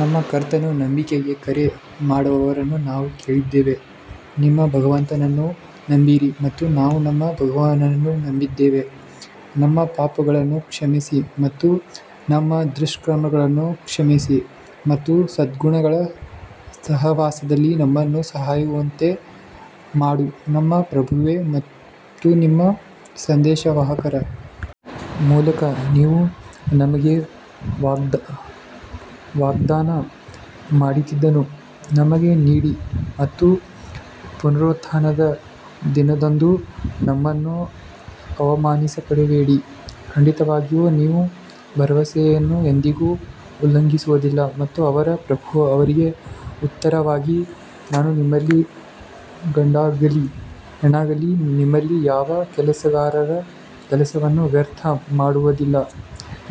ನಮ್ಮ ಕರ್ತನು ನಂಬಿಕೆಗೆ ಕರೆ ಮಾಡುವವರನ್ನು ನಾವು ಕೇಳಿದ್ದೇವೆ ನಿಮ್ಮ ಭಗವಂತನನ್ನು ನಂಬಿರಿ ಮತ್ತು ನಾವು ನಮ್ಮ ಪ್ರಭುವನ್ನು ನಂಬಿದ್ದೇವೆ ನಮ್ಮ ಪಾಪಗಳನ್ನು ಕ್ಷಮಿಸಿ ಮತ್ತು ನಮ್ಮ ದುಷ್ಕೃತ್ಯಗಳನ್ನು ಕ್ಷಮಿಸಿ ಮತ್ತು ಸದ್ಗುಣಗಳ ಸಹವಾಸದಲ್ಲಿ ನಮ್ಮನ್ನು ಸಾಯುವಂತೆ ಮಾಡು ನಮ್ಮ ಪ್ರಭುವೇ ಮತ್ತು ನಿಮ್ಮ ಸಂದೇಶವಾಹಕರ ಮೂಲಕ ನೀವು ನಮಗೆ ವಾಗ್ದಾನ ಮಾಡಿದ್ದನ್ನು ನಮಗೆ ನೀಡಿ ಮತ್ತು ಪುನರುತ್ಥಾನದ ದಿನದಂದು ನಮ್ಮನ್ನು ಅವಮಾನಿಸಬೇಡಿ, ಖಂಡಿತವಾಗಿಯೂ ನೀವು ಭರವಸೆಯನ್ನು ಎಂದಿಗೂ ಉಲ್ಲಂಘಿಸುವುದಿಲ್ಲ ಮತ್ತು ಅವರ ಪ್ರಭು ಅವರಿಗೆ ಉತ್ತರವಾಗಿ ನಾನು ನಿಮ್ಮಲ್ಲಿ ಗಂಡಾಗಲಿ ಹೆಣ್ಣಾಗಲಿ ನಿಮ್ಮಲ್ಲಿ ಯಾವ ಕೆಲಸಗಾರನ ಕೆಲಸವನ್ನು ವ್ಯರ್ಥ ಮಾಡುವುದಿಲ್ಲ,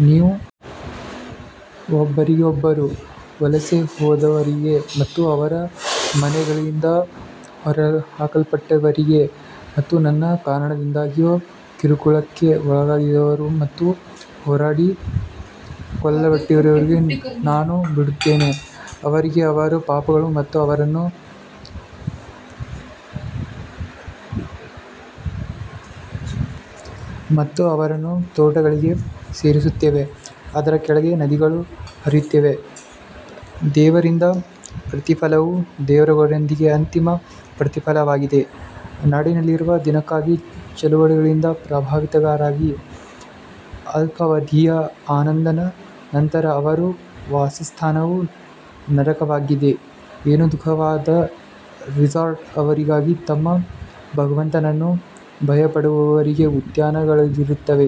ನೀವು ಒಬ್ಬರಿಗೊಬ್ಬರು ವಲಸೆ ಹೋದವರಿಗೆ ಮತ್ತು ಅವರ ಮನೆಗಳಿಂದ ಹೊರಹಾಕಲ್ಪಟ್ಟವರಿಗೆ ಮತ್ತು ನನ್ನ ಕಾರಣದಿಂದಾಗಿ ಕಿರುಕುಳಕ್ಕೆ ಒಳಗಾದವರಿಗೆ ಮತ್ತು ಹೋರಾಡಿ ಕೊಲ್ಲಲ್ಪಟ್ಟವರಿಗೆ ನಾನು ಬಿಡುತ್ತೇನೆ ಅವರಿಗೆ ಅವರ ಪಾಪಗಳು ಮತ್ತು ಅವರನ್ನು ತೋಟಗಳಿಗೆ ಸೇರಿಸುತ್ತವೆ, ಅದರ ಕೆಳಗೆ ನದಿಗಳು ಹರಿಯುತ್ತವೆ, ದೇವರಿಂದ ಪ್ರತಿಫಲವು ದೇವರೊಂದಿಗೆ ಅಂತಿಮ ಪ್ರತಿಫಲವಾಗಿದೆ ನಾಡಿನಲ್ಲಿರುವ ಧಿಕ್ಕಾರಿಗಳ ಚಳುವಳಿಗಳಿಂದ ಪ್ರಭಾವಿತರಾಗಬೇಡಿ ಅಲ್ಪಾವಧಿಯ ಆನಂದದ ನಂತರ ಅವರ ವಾಸಸ್ಥಾನವು ನರಕವಾಗಿದೆ ಏನು ದುಃಖಕರವಾದ ರೆಸಾರ್ಟ್ ಅವರಿಗಾಗಿ ತಮ್ಮ ಭಗವಂತನನ್ನು ಭಯಪಡುವವರಿಗೆ ಉದ್ಯಾನವನಗಳಿರುತ್ತವೆ,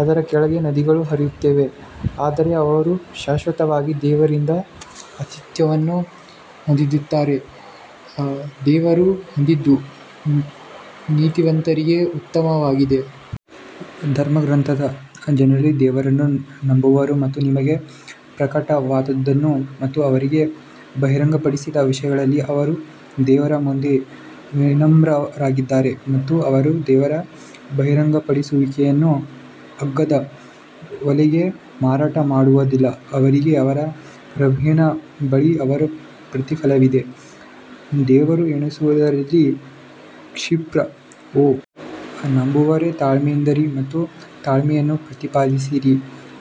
ಅದರ ಕೆಳಗೆ ನದಿಗಳು ಹರಿಯುತ್ತವೆ, ಅದರಲ್ಲಿ ಅವರು ಶಾಶ್ವತವಾಗಿ ದೇವರಿಂದ ಆತಿಥ್ಯವನ್ನು ಹೊಂದಿರುತ್ತಾರೆ, ದೇವರು ಹೊಂದಿದ್ದು ನೀತಿವಂತರಿಗೆ ಉತ್ತಮವಾಗಿದೆ. ಧರ್ಮಗ್ರಂಥದ ಜನರಲ್ಲಿ ದೇವರನ್ನು ನಂಬುವವರು ಮತ್ತು ನಿಮಗೆ ಪ್ರಕಟವಾದದ್ದನ್ನು ಮತ್ತು ಅವರಿಗೆ ಬಹಿರಂಗಪಡಿಸಿದ ವಿಷಯಗಳಲ್ಲಿ ಅವರು ದೇವರ ಮುಂದೆ ವಿನಮ್ರರಾಗಿದ್ದಾರೆ ಮತ್ತು ಅವರು ದೇವರ ಬಹಿರಂಗಪಡಿಸುವಿಕೆಯನ್ನು ಅಗ್ಗದ ಬೆಲೆಗೆ ಮಾರಾಟ ಮಾಡುವುದಿಲ್ಲ ಅವರಿಗೆ ಅವರ ಪ್ರಭುವಿನ ಬಳಿ ಅವರ ಪ್ರತಿಫಲವಿದೆ. ದೇವರು ಎಣಿಸುವುದರಲ್ಲಿ ಕ್ಷಿಪ್ರ ಓ ನಂಬುವವರೇ ತಾಳ್ಮೆಯಿಂದಿರಿ ಮತ್ತು ತಾಳ್ಮೆಯನ್ನು ಪ್ರತಿಪಾದಿಸಿರಿ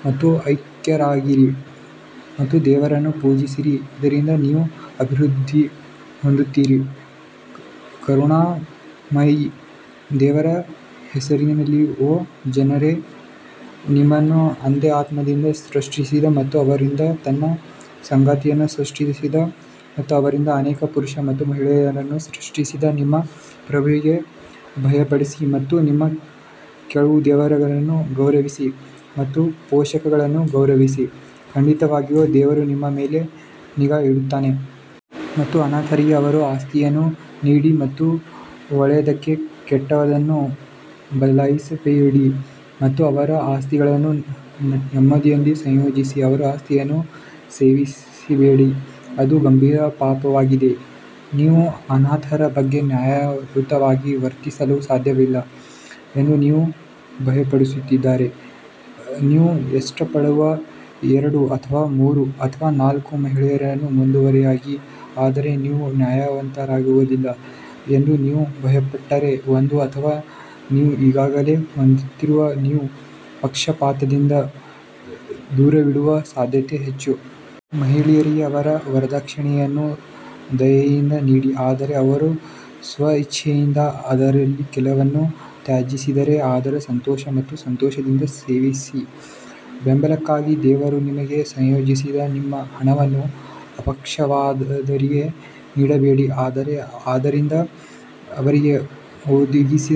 ಮತ್ತು ಐಕ್ಯರಾಗಿರಿ ಮತ್ತು ದೇವರನ್ನು ಪೂಜಿಸಿರಿ ಇದರಿಂದ ನೀವು ಅಭಿವೃದ್ಧಿ ಹೊಂದುತ್ತೀರಿ ಕರುಣಾಮಯಿ ದೇವರ ಹೆಸರಿನಲ್ಲಿ ಓ ಜನರೇ ನಿಮ್ಮನ್ನು ಒಂದೇ ಆತ್ಮದಿಂದ ಸೃಷ್ಟಿಸಿದ ಮತ್ತು ಅದರಿಂದ ತನ್ನ ಸಂಗಾತಿಯನ್ನು ಸೃಷ್ಟಿಸಿದ ಮತ್ತು ಅವರಿಂದ ಅನೇಕ ಪುರುಷರು ಮತ್ತು ಮಹಿಳೆಯರನ್ನು ಸೃಷ್ಟಿಸಿದ ನಿಮ್ಮ ಪ್ರಭುವಿಗೆ ಭಯಪಡಿರಿ ಮತ್ತು ನೀವು ಕೇಳುವ ದೇವರನ್ನು ಗೌರವಿಸಿ ಮತ್ತು ಪೋಷಕರನ್ನು ಗೌರವಿಸಿ, ಖಂಡಿತವಾಗಿಯೂ ದೇವರು ನಿಮ್ಮ ಮೇಲೆ ನಿಗಾ ಇಡುತ್ತಾನೆ. ಮತ್ತು ಅನಾಥರಿಗೆ ಅವರ ಆಸ್ತಿಯನ್ನು ನೀಡಿ ಮತ್ತು ಒಳ್ಳೆಯದಕ್ಕೆ ಕೆಟ್ಟದ್ದನ್ನು ಬದಲಾಯಿಸಬೇಡಿ ಮತ್ತು ಅವರ ಆಸ್ತಿಗಳನ್ನು ನಿಮ್ಮೊಂದಿಗೆ ಸಂಯೋಜಿಸಿ ಅವರ ಆಸ್ತಿಯನ್ನು ಸೇವಿಸಬೇಡಿ ಅದು ಗಂಭೀರ ಪಾಪವಾಗಿದೆ ನೀವು ಅನಾಥರ ಬಗ್ಗೆ ನ್ಯಾಯಯುತವಾಗಿ ವರ್ತಿಸಲು ಸಾಧ್ಯವಿಲ್ಲ ಎಂದು ನೀವು ಭಯಪಡುತ್ತಿದ್ದರೆ, ನೀವು ಇಷ್ಟಪಡುವ ಎರಡು ಅಥವಾ ಮೂರು ಅಥವಾ ನಾಲ್ಕು ಮಹಿಳೆಯರನ್ನು ಮದುವೆಯಾಗಿ ಆದರೆ ನೀವು ನ್ಯಾಯಯುತವಾಗಿರುವುದಿಲ್ಲ ಎಂದು ನೀವು ಭಯಪಟ್ಟರೆ, ಒಂದು ಅಥವಾ ನೀವು ಈಗಾಗಲೇ ಹೊಂದಿರುವುದನ್ನು ನೀವು ಪಕ್ಷಪಾತದಿಂದ ದೂರವಿಡುವ ಸಾಧ್ಯತೆ ಹೆಚ್ಚು. ಮಹಿಳೆಯರಿಗೆ ಅವರ ವರದಕ್ಷಿಣೆಯನ್ನು ದಯೆಯಿಂದ ನೀಡಿ ಆದರೆ ಅವರು ಸ್ವಇಚ್ಛೆಯಿಂದ ಅದರಲ್ಲಿ ಕೆಲವನ್ನು ತ್ಯಜಿಸಿದರೆ ಅದನ್ನು ಸಂತೋಷ ಮತ್ತು ಸಂತೋಷದಿಂದ ಸೇವಿಸಿ ಬೆಂಬಲಕ್ಕಾಗಿ ದೇವರು ನಿಮಗೆ ನಿಯೋಜಿಸಿದ ನಿಮ್ಮ ಹಣವನ್ನು ಅಪಕ್ವವಾದವರಿಗೆ ನೀಡಬೇಡಿ ಆದರೆ ಅದರಿಂದ ಅವರಿಗೆ ಒದಗಿಸಿ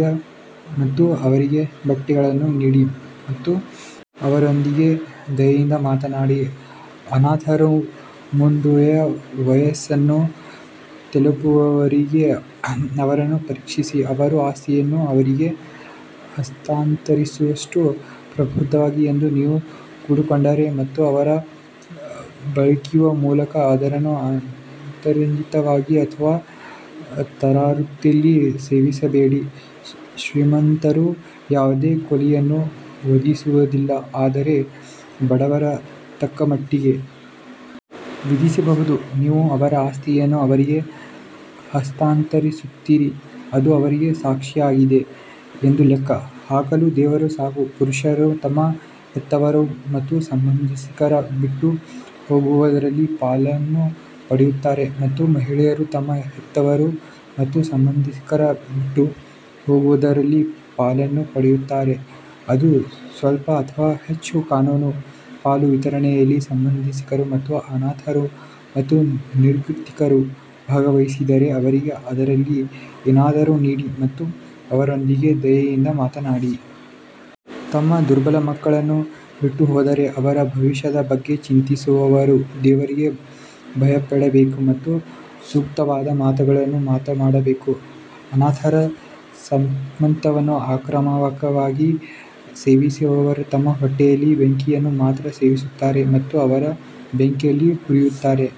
ಮತ್ತು ಅವರಿಗೆ ಬಟ್ಟೆಗಳನ್ನು ನೀಡಿ ಮತ್ತು ಅವರೊಂದಿಗೆ ದಯೆಯಿಂದ ಮಾತನಾಡಿ ಅನಾಥರು ಮದುವೆಯ ವಯಸ್ಸನ್ನು ತಲುಪುವವರೆಗೆ ಅವರನ್ನು ಪರೀಕ್ಷಿಸಿ ಅವರ ಆಸ್ತಿಯನ್ನು ಅವರಿಗೆ ಹಸ್ತಾಂತರಿಸುವಷ್ಟು ಪ್ರಬುದ್ಧರು ಎಂದು ನೀವು ಕಂಡುಕೊಂಡರೆ ಮತ್ತು ಅವರು ಬೆಳೆಯುವ ಮೊದಲು ಅದನ್ನು ಅತಿರಂಜಿತವಾಗಿ ಅಥವಾ ತರಾತುರಿಯಲ್ಲಿ ಸೇವಿಸಬೇಡಿ ಶ್ರೀಮಂತರು ಯಾವುದೇ ಕೂಲಿಯನ್ನು ವಿಧಿಸುವುದಿಲ್ಲ ಆದರೆ ಬಡವರು ತಕ್ಕಮಟ್ಟಿಗೆ ವಿಧಿಸಬಹುದು ನೀವು ಅವರ ಆಸ್ತಿಯನ್ನು ಅವರಿಗೆ ಹಸ್ತಾಂತರಿಸುತ್ತೀರಿ, ಅದು ಅವರಿಗೆ ಸಾಕ್ಷಿಯಾಗಿದೆ ಎಂದು ಲೆಕ್ಕ ಹಾಕಲು ದೇವರು ಸಾಕು ಪುರುಷರು ತಮ್ಮ ಹೆತ್ತವರು ಮತ್ತು ಸಂಬಂಧಿಕರು ಬಿಟ್ಟು ಹೋಗುವುದರಲ್ಲಿ ಪಾಲನ್ನು ಪಡೆಯುತ್ತಾರೆ ಮತ್ತು ಮಹಿಳೆಯರು ತಮ್ಮ ಹೆತ್ತವರು ಮತ್ತು ಸಂಬಂಧಿಕರು ಬಿಟ್ಟು ಹೋಗುವುದರಲ್ಲಿ ಪಾಲನ್ನು ಪಡೆಯುತ್ತಾರೆ ಅದು ಸ್ವಲ್ಪ ಅಥವಾ ಹೆಚ್ಚು ಕಾನೂನು ಪಾಲು ವಿತರಣೆಯಲ್ಲಿ ಸಂಬಂಧಿಕರು ಮತ್ತು ಅನಾಥರು ಮತ್ತು ನಿರ್ಗತಿಕರು ಭಾಗವಹಿಸಿದರೆ ಅವರಿಗೆ ಅದರಲ್ಲಿ ಏನಾದರೂ ನೀಡಿ ಮತ್ತು ಅವರೊಂದಿಗೆ ದಯೆಯಿಂದ ಮಾತನಾಡಿ. ತಮ್ಮ ದುರ್ಬಲ ಮಕ್ಕಳನ್ನು ಬಿಟ್ಟುಹೋದರೆ ಅವರ ಭವಿಷ್ಯದ ಬಗ್ಗೆ ಚಿಂತಿಸುವವರು ದೇವರಿಗೆ ಭಯಪಡಬೇಕು ಮತ್ತು ಸೂಕ್ತವಾದ ಮಾತುಗಳನ್ನು ಮಾತನಾಡಬೇಕು ಅನಾಥರ ಸಂಪತ್ತನ್ನು ಅಕ್ರಮವಾಗಿ ಸೇವಿಸುವವರು ತಮ್ಮ ಹೊಟ್ಟೆಯಲ್ಲಿ ಬೆಂಕಿಯನ್ನು ಮಾತ್ರ ಸೇವಿಸುತ್ತಾರೆ ಮತ್ತು ಅವರು ಬೆಂಕಿಯಲ್ಲಿ ಹುರಿಯುತ್ತಾರೆ.